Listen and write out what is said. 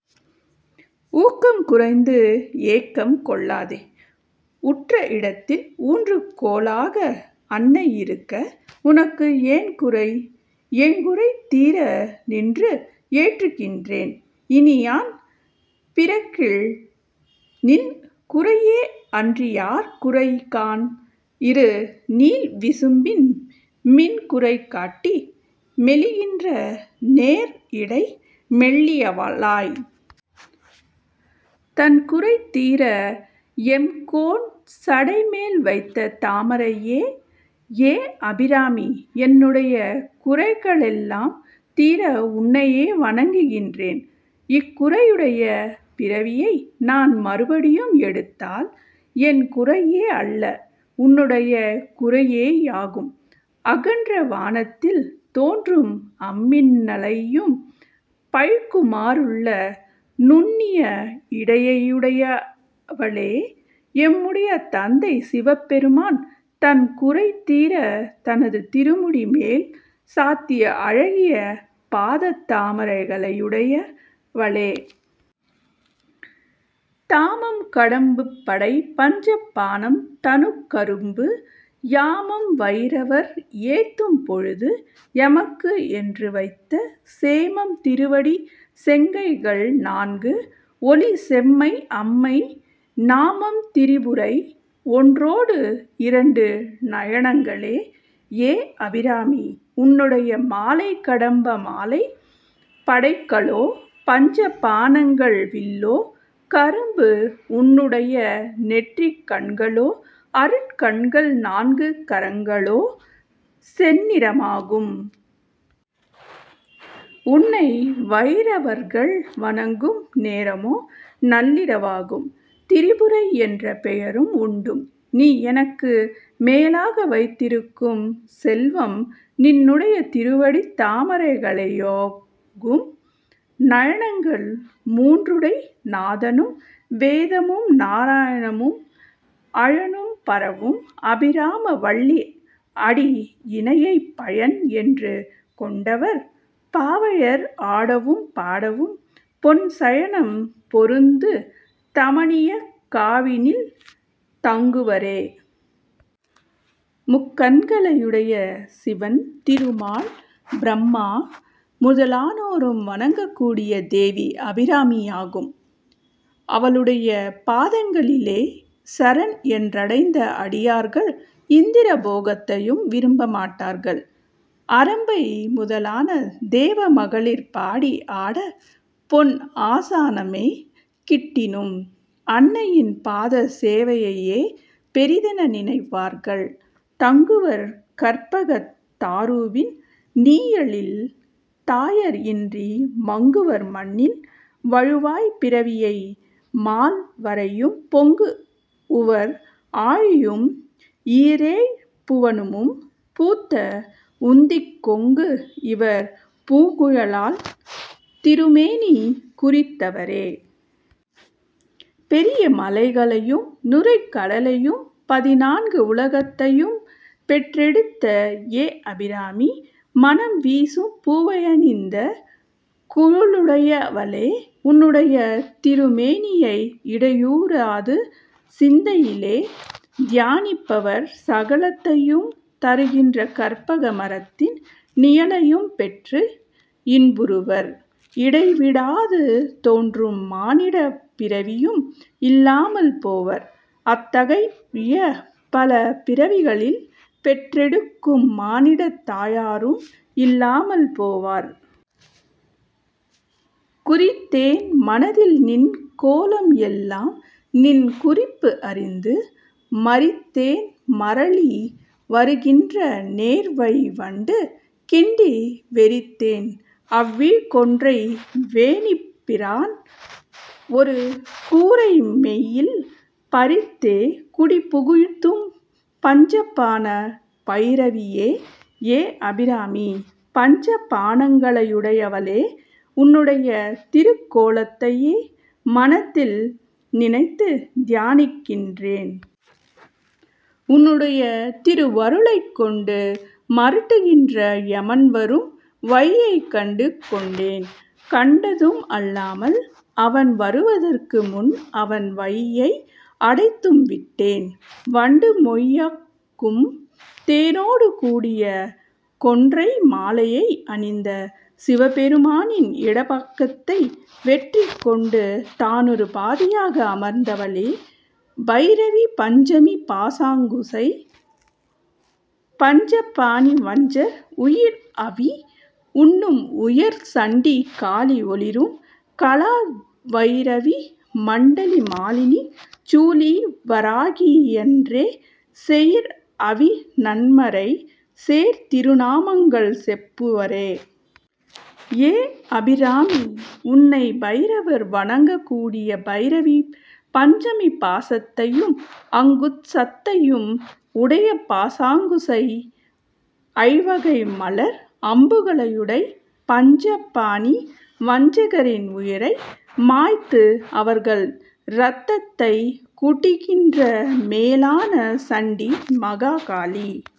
ஊக்கம் குறைந்து, ஏக்கம் கொள்ளாதே! உற்ற இடத்தில் ஊன்று கோலாக அன்னை இருக்க உனக்கு ஏன் குறை? எங்குறை தீரநின்று ஏற்றுகின்றேன் இனி யான் பிறக்கில் நின் குறையே அன்றி யார் குறை காண்? இரு நீள் விசும்பின் மின் குறை காட்டி மெலிகின்ற நேர் இடை மெல்லியலாய். தன் குறை தீர எம்கோன் சடை மேல் வைத்த தாமரையே. ஏ அபிராமி! என்னுடைய குறைகளெல்லாம் தீர உன்னையே வணங்குகின்றேன். இக்குறையுடைய பிறவியை நான் மறுபடியும் எடுத்தால் என் குறையே அல்ல. உன்னுடைய குறையேயாகும். அகன்ற வானத்தில் தோன்றும் அம்மின்னலையும் பழிக்குமாறுள்ள நுண்ணிய இடையையுடையவளே! எம்முடைய தந்தை சிவபெருமான் தன் குறை தீர தனது திருமுடி மேல் சாத்திய அழகிய பாதத் தாமரைகளையுடையவளே! தாமம் கடம்பு படை பஞ்ச பாணம் தனுக் கரும்பு. யாமம் வயிரவர் ஏத்தும் பொழுது எமக்கு என்று வைத்த சேமம் திருவடி செங்கைகள் நான்கு ஒளி செம்மை அம்மை நாமம் திரிபுரை ஒன்றோடு இரண்டு நயனங்களே. ஏ அபிராமி! உன்னுடைய மாலை கடம்ப மாலை படைகளோ பஞ்ச பாணங்கள் வில்லோ கரும்பு உன்னுடைய நெற்றிக் கண்களோ அருட் கண்கள் நான்கு கரங்களோ செந்நிறமாகும். உன்னை வயிரவர்கள் வணங்கும் நேரமோ நள்ளிரவாகும். திரிபுரை என்ற பெயரும் உண்டும். நீ எனக்கு மேலாக வைத்திருக்கும் செல்வம் நின்னுடைய திருவடித் தாமரைகளேயாகும். நயனங்கள் மூன்றுடை நாதனும் வேதமும் நாரணனும் அயனும் பரவும் அபிராம வல்லி அடி இணையைப் பயன் என்று கொண்டவர் பாவையர் ஆடவும் பாடவும், பொன் சயனம் பொருந்து தமனியக் காவினில் தங்குவரே. முக்கண்களையுடைய சிவன் திருமால் பிரும்மா முதலானோரும் வணங்கக்கூடிய தேவி அபிராமியாகும். அவளுடைய பாதங்களிலே சரண் என்றடைந்த அடியார்கள் இந்திர போகத்தையும் விரும்ப மாட்டார்கள். அரம்பை முதலான தேவ மகளிர் பாடி ஆட பொன் ஆசனமே கிட்டினும், அன்னையின் பாதச் சேவையையே பெரிதென நினைவார்கள். தங்குவர் கற்பக தாருவின் நீழலில், தாயர் இன்றி மங்குவர் மண்ணில் வழுவாய் பிறவியை மால் வரையும் பொங்கு உவர் ஆழியும் ஈரேழ் புவனமும் பூத்த உந்திக் கொங்கு இவர் பூங்குழலாள் திருமேனி குறித்தவரே. பெரிய மலைகளையும் நுரைக் கடலையும் பதினான்கு உலகத்தையும் பெற்றெடுத்த ஏ அபிராமி! மணம் வீசும் பூவையணிந்த குழலுடையவளே! உன்னுடைய திருமேனியை இடையுறாது சிந்தையிலே தியானிப்பவர் சகலத்தையும் தருகின்ற கற்பக மரத்தின் நிழலையும் பெற்று இன்புறுவர். இடைவிடாது தோன்றும் மானிடப் பிறவியும் இல்லாமல் போவர். அத்தகைய பல பிறவிகளில் பெற்றெடுக்கும் மானிடத் தாயாரும் இல்லாமல் போவர். குறித்தேன் மனத்தில் நின் கோலம் எல்லாம் நின் குறிப்பு அறிந்து மறித்தேன் மறலி வருகின்ற நேர்வழி வண்டு கிண்டி வெறித்தேன் அவிழ் கொன்றை வேணிப் பிரான் ஒரு கூற்றை மெய்யில் பறித்தே குடிபுகுதும் பஞ்ச பாண பயிரவியே. ஏ அபிராமி! பஞ்ச பாணங்களையுடையவளே! உன்னுடைய திருக்கோலத்தையே மனத்தில் நினைத்து தியானிக்கின்றேன். உன்னுடைய திருவருளைக் கொண்டு மருட்டுகின்ற யமன்வரும் வழியைக் கண்டு கொண்டேன். கண்டதும் அல்லாமல் அவன் வருவதற்கு முன் அவன் வழியை அடைத்தும் விட்டேன். வண்டு மொய்க்கும் தேனொடு கூடிய கொன்றை மாலையை அணிந்த சிவபெருமானின் இடப்பாகத்தை வெற்றி கொண்டு தானொரு பாதியாக அமர்ந்தவளே! பயிரவி பஞ்சமி பாசாங்குசை பஞ்ச பாணி வஞ்சர் உயிர் அவி உண்ணும் உயர் சண்டி காளி ஒளிரும் கலா வயிரவி மண்டலி மாலினி சூலி வராகி என்றே செயிர் அவி நான்மறை சேர் திருநாமங்கள் செப்புவரே. ஏ அபிராமி! உன்னை பைரவர் வணங்கக்கூடிய பைரவி பஞ்சமி பாசத்தையும் அங்குசத்தையும் உடைய பாசாங்குசை ஐவகை மலர் அம்புகளையுடைய பஞ்சபாணி வஞ்சகரின் உயிரை மாய்த்து அவர்கள் இரத்தத்தைக் குடிக்கின்ற மேலான சண்டி மகா காளி